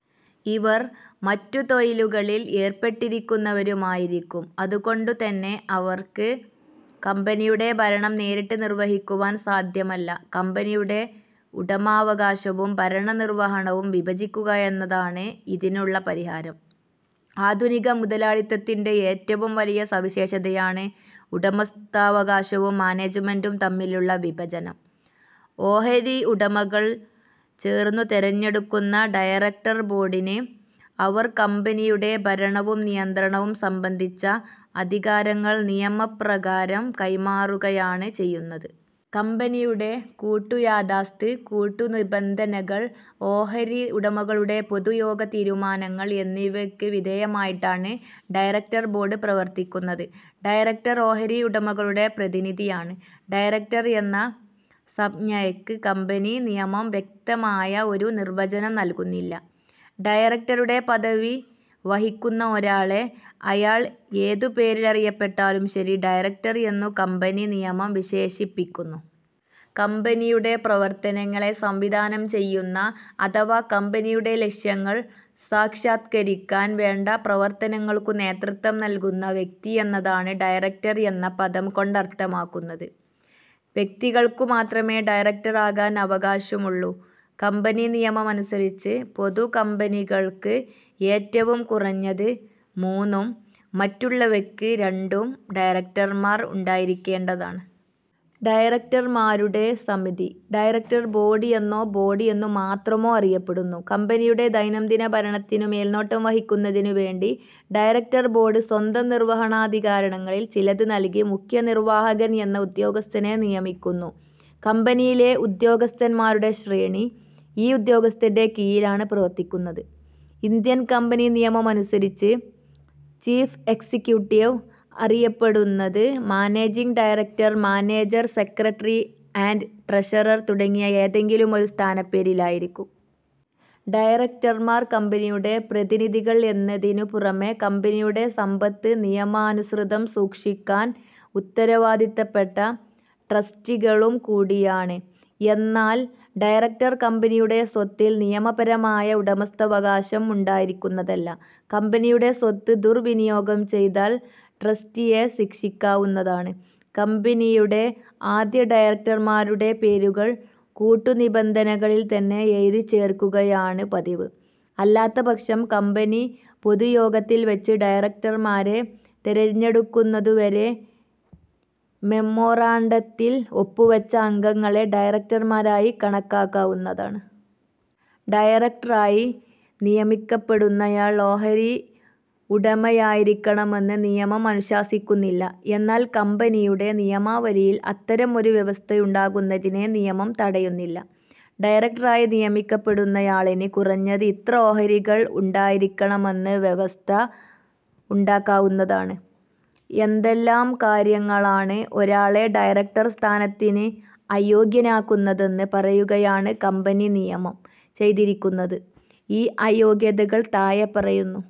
ഇവർ മറ്റു തൊഴിലുകളിൽ ഏർപ്പെട്ടിരിക്കുന്നവരുമായിരിക്കും. അതുകൊണ്ടുതന്നെ അവർക്ക് കമ്പനിയുടെ ഭരണം നേരിട്ട് വിർവഹിക്കുവാൻ സാധ്യമല്ല. കമ്പനിയുടെ ഉടമാവകാശവും ഭരണ നിർവഹണവും വിഭജിക്കുക എന്നതാണ് ഇതിനുള്ള പരിഹാരം. ആധുനിക മുതലാളിത്തത്തിന്റെ ഏറ്റവും വലിയ സവിശേഷതയാണ് ഉടമസ്ഥാവകാശവും മാനേജ്മെന്റും തമ്മിലുള്ള വിഭജനം. ഓഹരി ഉടമകൾ ചേർന്ന് തെരഞ്ഞെടുക്കുന്ന ഡയറക്ടർ ബോർഡിന് അവർ കമ്പനിയുടെ ഭരണവും നിയന്ത്രണവും സംബന്ധിച്ച അധികാരങ്ങൾ നിയമപ്രകാരം കൈമാറുകയാണ് ചെയ്യുന്നത്. കമ്പനിയുടെ കൂട്ടുയാദാസ്ത്, കൂട്ടു നിബന്ധനങ്ങൾ, ഓഹരി ഉടമകളുടെ പൊതുയോഗ തീരുമാനങ്ങൾ എന്നിവയ്ക്ക് വിധേയമായിട്ടാണ് ഡയറക്ടർ ബോർഡ് പ്രവർത്തിക്കുന്നത്. ഡയറക്ടർ, ഓഹരി ഉടമകളുടെ പ്രതിനിധിയാണ്. ഡയറക്ടർ എന്ന സംജ്ഞയ്ക്ക് കമ്പനി നിയമം വ്യക്തമായ ഒരു നിർവചനം നൽകുന്നില്ല. ഡയറക്ടരുടെ പദവി വഹിക്കുന്ന ഒരാളെ, അയാൾ ഏതു പേരിലറിയപ്പെട്ടാലും ശരി ഡയറക്ടർ എന്നു കമ്പനി നിയമം വിശേഷിപ്പിക്കുന്നു. കമ്പനിയുടെ പ്രവർത്തനങ്ങളെ സംവിധാനം ചെയ്യുന്ന അഥവാ കമ്പനിയുടെ ലക്ഷ്യങ്ങൾ സാക്ഷാത്കരിക്കാൻ വേണ്ട പ്രവർത്തനങ്ങൾക്കു നേതൃത്വം നൽകുന്ന വ്യക്തി എന്നതാണ് ഡയറക്ടർ എന്ന പദം കൊണ്ടർഥമാക്കുന്നത്. വ്യക്തികൾക്കു മാത്രമേ ഡയറക്ടർ ആകാൻ അവകാശമുള്ളൂ. കമ്പനി നിയമമനുസരിച്ച് പൊതു കമ്പനികൾക്ക് ഏറ്റവും കുറഞ്ഞത് മൂന്നും മറ്റുള്ളവയ്ക്ക് രണ്ടും ഡയറക്ടറന്മാർ ഉണ്ടായിരിക്കേണ്ടതാണ്. ഡയറക്ടർമാരുടെ സമിതി ഡയറക്ടർ ബോർഡ് എന്നോ ബോർഡ് എന്നു മാത്രമോ അറിയപ്പെടുന്നു. കമ്പനിയുടെ ദൈനംദിന ഭരണത്തിനു മേൽനോട്ടം വഹിക്കുന്നതിനുവേണ്ടി ഡയറക്ടർബോർഡ് സ്വന്തം നിർവഹണാധികാരങ്ങളിൽ ചിലത് നൽകി മുഖ്യനിർവാഹകൻ എന്ന ഉദ്യോഗസ്ഥനെ നിയമിക്കുന്നു. കമ്പനിയിലെ ഉദ്യോഗസ്ഥൻമാരുടെ ശ്രേണി, ഈ ഉദ്യോഗസ്ഥന്റെ കീഴിലാണ് പ്രവർത്തിക്കുന്നത്. ഇന്ത്യൻ കമ്പനി നിയമമനുസരിച്ച്, ചീഫ് എക്സിക്യൂട്ടീവ് അറിയപ്പെടുന്നത് managing director, manager, secretary and treasurer തുടങ്ങിയ ഏതെങ്കിലുമൊരു സ്ഥാനപ്പേരിലായിരിക്കും. ഡയറക്ടർമാർ കമ്പനിയുടെ പ്രതിനിധികൾ എന്നതിനു പുറമേ, കമ്പനിയുടെ സമ്പത്ത് നിയമാനുസൃതം സൂക്ഷിക്കാൻ ഉത്തരവാദപ്പെട്ട ട്രസ്റ്റികളും കൂടിയാണ്. എന്നാൽ ഡയറക്ടർക്ക് കമ്പനിയുടെ സ്വത്തിൽ നിയമപരമായ ഉടമവസ്ഥാവകാശം ഉണ്ടായിരിക്കുന്നതല്ല. കമ്പനിയുടെ സ്വത്ത് ദുർവിനിയോഗം ചെയ്താൽ ട്രസ്റ്റിയെ ശിക്ഷിക്കാവുന്നതാണ്. കമ്പനിയുടെ ആദ്യഡയറക്ടർമാരുടെ പേരുകൾ കൂട്ടുനിബന്ധനകളിൽ തന്നെ എഴുതിച്ചേർക്കുകയാണ് പതിവ്. അല്ലാത്ത പക്ഷം കമ്പനി പൊതുയോഗത്തിൽ വച്ച് ഡയറക്ടർമാരെ തെരഞ്ഞെടുക്കുന്നതു വരെ മെമ്മോറാണ്ടത്തിൽ ഒപ്പുവച്ച അംഗങ്ങളെ ഡയറക്ടർമാരായി കണക്കാക്കാവുന്നതാണ്. ഡയറക്ടറായി നിയമിക്കപ്പെടുന്നയാൾ ഓഹരി ഉടമയായിരിക്കണമെന്ന് നിയമം അനുശാസിക്കുന്നില്ല. എന്നാൽ കമ്പനിയുടെ നിയമാവലിയിൽ അത്തരമൊരു വ്യവസ്ഥയുണ്ടാകുന്നതിനെ നിയമം തടയുന്നില്ല. ഡയറക്ടറായി നിയമിക്കപ്പെടുന്നയാളിന് കുറഞ്ഞത് ഇത്ര ഓഹരികൾ ഉണ്ടായിരിക്കണമെന്ന് വ്യവസ്ഥ ഉണ്ടാക്കാവുന്നതാണ്. എന്തെല്ലാം കാര്യങ്ങളാണ്, ഒരാളെ ഡയറക്ടർ സ്ഥാനത്തിന് അയോഗ്യനാക്കുന്നതെന്ന് പറയുകയാണ് കമ്പനി നിയമം ചെയ്തിരിക്കുന്നത്. ഈ അയോഗ്യതകൾ താഴെപ്പറയുന്നു.